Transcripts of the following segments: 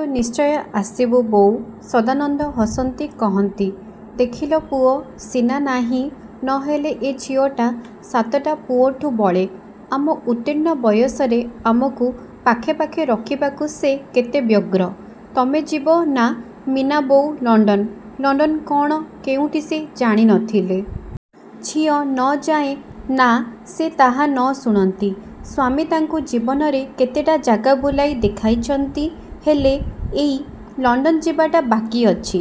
ତୁ ନିଶ୍ଚୟ ଆସିବୁ ବୋଉ। ସଦାନନ୍ଦ ହସନ୍ତି କହନ୍ତି, ଦେଖିଲ ପୁଅ ସିନା ନାହିଁ ନହେଲେ ଏ ଝିଅଟା ସାତଟା ପୁଅଠୁଁ ବଳେ। ଆମ ଉତ୍ତୀର୍ଣ୍ଣ ବୟସରେ ଆମକୁ ପାଖେ ପାଖେ ରଖିବାକୁ ସେ କେତେ ବ୍ୟଗ୍ର। ତମେ ଯିବ ନାଁ ମୀନାବୋଉ ଲଣ୍ଡନ? ଲଣ୍ଡନ କଣ, କେଉଁଠି ସେ ଜାଣି ନ ଥିଲେ। ଝିଅ ନ ଯାଏ ନାଁ ସେ ତାହା ନ ଶୁଣନ୍ତି। ସ୍ୱାମୀ ତାଙ୍କୁ ଜୀବନରେ କେତେଟା ଜାଗା ବୁଲାଇ ଦେଖାଇଛନ୍ତି, ହେଲେ ଏଇ ଲଣ୍ଡନ ଯିବାଟା ବାକି ଅଛି।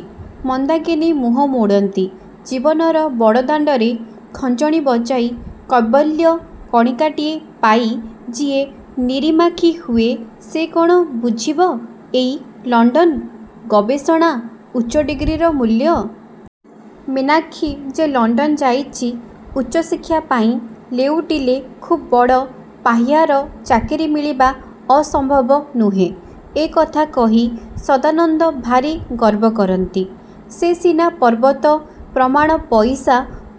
ମନ୍ଦାକିନୀ ମୁହଁ ମୋଡ଼ନ୍ତି। ଜୀବନର ବଡ଼ଦାଣ୍ଡରେ ଖଞ୍ଜଣି ବଜାଇ କୈବଲ୍ୟ କଣିକାଟିଏ ପାଇଁ ଯିଏ ନିରିମାଖି ହୁଏ ସେ କଣ ବୁଝିବ ଏଇ ଲଣ୍ଡନ, ଗବେଷଣା, ଉଚ୍ଚ ଡିଗ୍ରୀର ମୂଲ୍ୟ? ମୀନାକ୍ଷୀ ଯେ ଲଣ୍ଡନ ଯାଇଚି ଉଚ୍ଚଶିକ୍ଷା ପାଇଁ ଲେଉଟିଲେ ଖୁବ୍ ବଡ଼ ପାହ୍ୟାର ଚାକିରି ମିଳିବା ଅସମ୍ଭବ ନୁହେଁ। ଏ କଥା କହି ସଦାନନ୍ଦ ଭାରୀ ଗର୍ବକରନ୍ତି। ସେ ସିନା ପର୍ବତ ପ୍ରମାଣ ପଇସା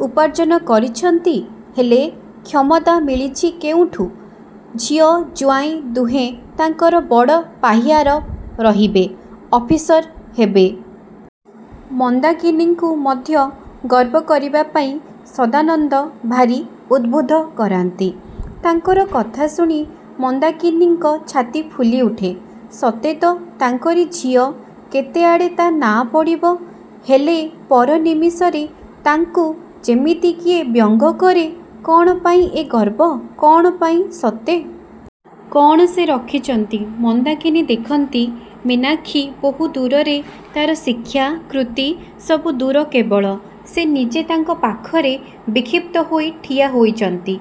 ଉପାର୍ଜନ କରିଚନ୍ତି ହେଲେ କ୍ଷମତା ମିଳିଛି କେଉଁଠୁ? ଝିଅ, ଜ୍ଵାଇଁ ଦୁହେଁ ତାଙ୍କର ବଡ଼ ପାହ୍ୟାର ରହିବେ, ଅଫିସର ହେବେ। ମନ୍ଦାକିନୀଙ୍କୁ ମଧ୍ୟ ଗର୍ବ କରିବାପାଇଁ ସଦାନନ୍ଦ ଭାରୀ ଉଦବୁଦ୍ଧ କରାନ୍ତି। ତାଙ୍କର କଥା ଶୁଣି ମନ୍ଦାକିନୀଙ୍କ ଛାତି ଫୁଲିଉଠେ। ସତେ ତ ତାଙ୍କରି ଝିଅ, କେତେଆଡ଼େ ତା ନାଁ ପଡ଼ିବ। ହେଲେ ପର ନିମିଷରେ ତାଙ୍କୁ ଯେମିତି କିଏ ବ୍ୟଙ୍ଗ କରେ। କଣ ପାଇଁ ଏ ଗର୍ବ, କଣ ପାଇଁ ସତେ? କଣ ସେ ରଖିଚନ୍ତି? ମନ୍ଦାକିନୀ ଦେଖନ୍ତି ମୀନାକ୍ଷୀ ବହୁ ଦୂରରେ ତାର ଶିକ୍ଷା, କୃତି ସବୁ ଦୂର କେବଳ ସେ ନିଜେ ତାଙ୍କ ପାଖରେ ବିକ୍ଷିପ୍ତ ହୋଇ ଠିଆ ହୋଇଚନ୍ତି।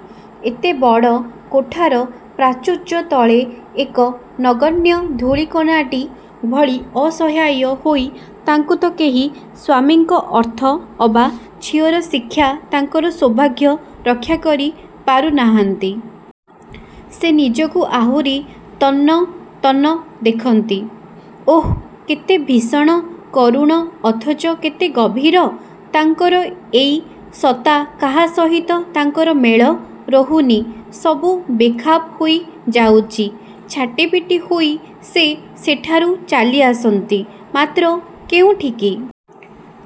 ଏତେ ବଡ଼ କୋଠାର ପ୍ରାଚୁର୍ଯ୍ୟତଳେ ଏକ ନଗଣ୍ୟ ଧୂଳିକଣାଟି ଭଳି ଅସହାୟ ହୋଇ ତାଙ୍କୁ ତ କେହି ସ୍ୱାମୀଙ୍କ ଅର୍ଥ ଅବା ଝିଅର ଶିକ୍ଷା ତାଙ୍କର ସୌଭାଗ୍ୟ ରକ୍ଷା କରି ପାରୁ ନାହାନ୍ତି। ସେ ନିଜକୁ ଆହୁରି ତନ୍ନ ତନ୍ନ ଦେଖନ୍ତି। ଓଃ, କେତେ ଭୀଷଣ, କରୁଣ ଅଥଚ କେତେ ଗଭୀର। ତାଙ୍କର ଏଇ ସତ୍ତା କାହା ସହିତ ତାଙ୍କର ମେଳ ରହୁନି ସବୁ ବେଖାପ ହୋଇ ଯାଉଚି। ଛାଟି ପିଟି ହୋଇ ସେ ସେଠାରୁ ଚାଲିଆସନ୍ତି, ମାତ୍ର କେଉଁଠିକି?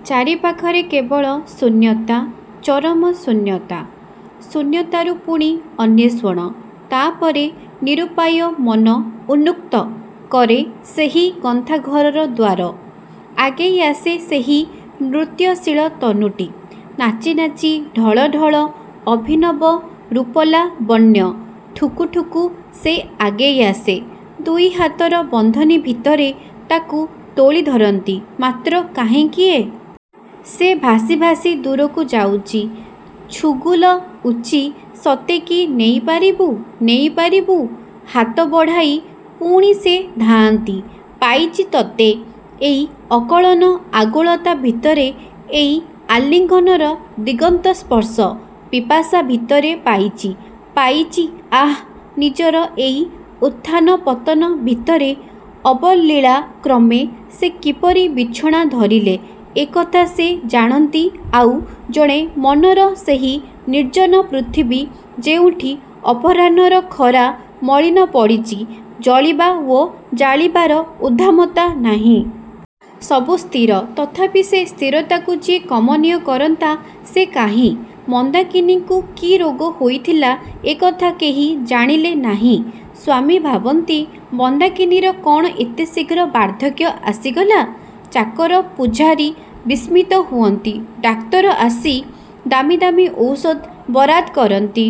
ଚାରିପାଖରେ କେବଳ ଶୂନ୍ୟତା, ଚରମଶୂନ୍ୟତା । ଶୂନ୍ୟତାରୁ ପୁଣି ଅନ୍ୱେଷଣ ତାପରେ ନିରୂପାୟ ମନ ଉନ୍ମୁକ୍ତ କରେ ସେହି ଗନ୍ତାଘରର ଦ୍ୱାର। ଆଗେଇ ଆସେ ସେହି ନୃତ୍ୟଶୀଳ ତନୁଟି। ନାଚି ନାଚି, ଢଳ ଢଳ, ଅଭିନବ ରୂପଲାବଣ୍ୟ ଠୁକୁ ଠୁକୁ ସେ ଆଗେଇ ଆସେ। ଦୁଇହାତର ବନ୍ଧନୀଭିତରେ ତାକୁ ତୋଳି ଧରନ୍ତି, ମାତ୍ର କାହିଁ କିଏ? ସେ ଭାସି ଭାସି ଦୂରକୁ ଯାଉଚି। ଛୁଗୁଲଉଚି ସତେକି ନେଇପାରିବୁ? ନେଇପାରିବୁ? ହାତ ବଢ଼ାଇ ପୁଣି ସେ ଧାଆଁନ୍ତି। ପାଇଚି ତତେ, ଏଇ ଅକଳନ ଆଗୁଳତା ଭିତରେ, ଏଇ ଆଲିଙ୍ଗନର ଦିଗନ୍ତସ୍ପର୍ଶ ପିପାସା ଭିତରେ ପାଇଚି, ପାଇଚି ଆଃ ନିଜର ଏଇ ଉତଥାନ ପତନ ଭିତରେ ଅବଲିଳାକ୍ରମେ ସେ କିପରି ବିଛଣା ଧରିଲେ ଏକଥା ସେ ଜାଣନ୍ତି ଆଉ ଜଣେ ମନର ସେହି ନିର୍ଜନ ପୃଥିବୀ ଯେଉଁଠି ଅପରାହ୍ନଣର ଖରା ମଳିନ ପଡ଼ିଚି, ଜଳିବା ଓ ଜାଳିବାର ଉଦ୍ଦାମତା ନାହିଁ। ସବୁ ସ୍ଥିର, ତଥାପି ସେ ସ୍ଥିରତାକୁ ଯିଏ କମନୀୟ କରନ୍ତା, ସେ କାହିଁ? ମନ୍ଦାକିନୀଙ୍କୁ କି ରୋଗ ହୋଇଥିଲା ଏ କଥା କେହି ଜାଣିଲେ ନାହିଁ। ସ୍ଵାମୀ ଭାବନ୍ତି, ମନ୍ଦାକିନୀର କଣ ଏତେ ଶୀଘ୍ର ବାର୍ଦ୍ଧକ୍ୟ ଆସିଗଲା? ଚାକର ପୁଝାରୀ ବିସ୍ମିତ ହୁଅନ୍ତି, ଡାକ୍ତର ଆସି ଦାମି ଦାମି ଔଷଧ ବରାଦ କରନ୍ତି।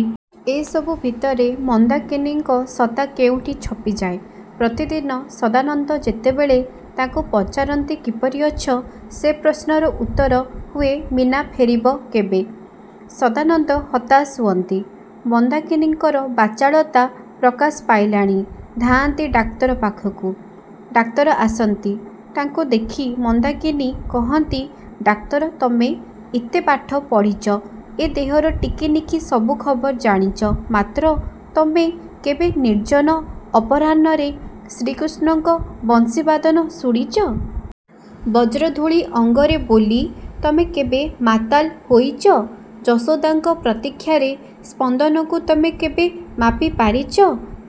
ଏସବୁ ଭିତରେ ମନ୍ଦାକିନୀଙ୍କ ସତ୍ତା କେଉଁଠି ଛପିଯାଏ, ପ୍ରତିଦିନ ସଦାନନ୍ଦ ଯେତେବେଳେ ତାଙ୍କୁ ପଚାରନ୍ତି କିପରି ଅଛ? ସେ ପ୍ରଶ୍ନର ଉତ୍ତର ହୁଏ ମୀନା ଫେରିବ କେବେ? ସଦାନନ୍ଦ ହତାଶ ହୁଅନ୍ତି। ମନ୍ଦାକିନୀଙ୍କର ବାଚାଳତା ପ୍ରକାଶ ପାଇଲାଣି ଧାଆଁନ୍ତି ଡାକ୍ତର ପାଖକୁ, ଡାକ୍ତର ଆସନ୍ତି। ତାଙ୍କୁ ଦେଖି ମନ୍ଦାକିନୀ କହନ୍ତି ଡାକ୍ତର ତମେ ଏତେ ପାଠ ପଢ଼ିଚ, ଏ ଦେହର ଟିକିନିଖି ସବୁ ଖବର ଜାଣିଚ, ମାତ୍ର ତମେ କେବେ ନିର୍ଜନ ଅପରାହ୍ନଣରେ ଶ୍ରୀକୃଷ୍ଣଙ୍କ ବଂଶୀବାଦନ ଶୁଣିଚ? ବ୍ରଜଧୂଳି ଅଙ୍ଗରେ ବୋଲି, ତମେ କେବେ ମାତାଲ୍ ହୋଇଚ? ଯଶୋଦାଙ୍କ ପ୍ରତୀକ୍ଷାର ସ୍ପନ୍ଦନକୁ ତମେ କେବେ ମାପି ପାରିଚ?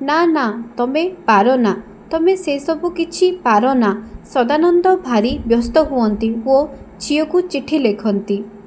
ନାଁ ନାଁ ତମେ ପାରନା, ତମେ ସେସବୁ କିଛି ପାରନା । ସଦାନନ୍ଦ ଭାରୀ ବ୍ୟସ୍ତ ହୁଅନ୍ତି ଓ ଝିଅକୁ ଚିଠି ଲେଖନ୍ତି ।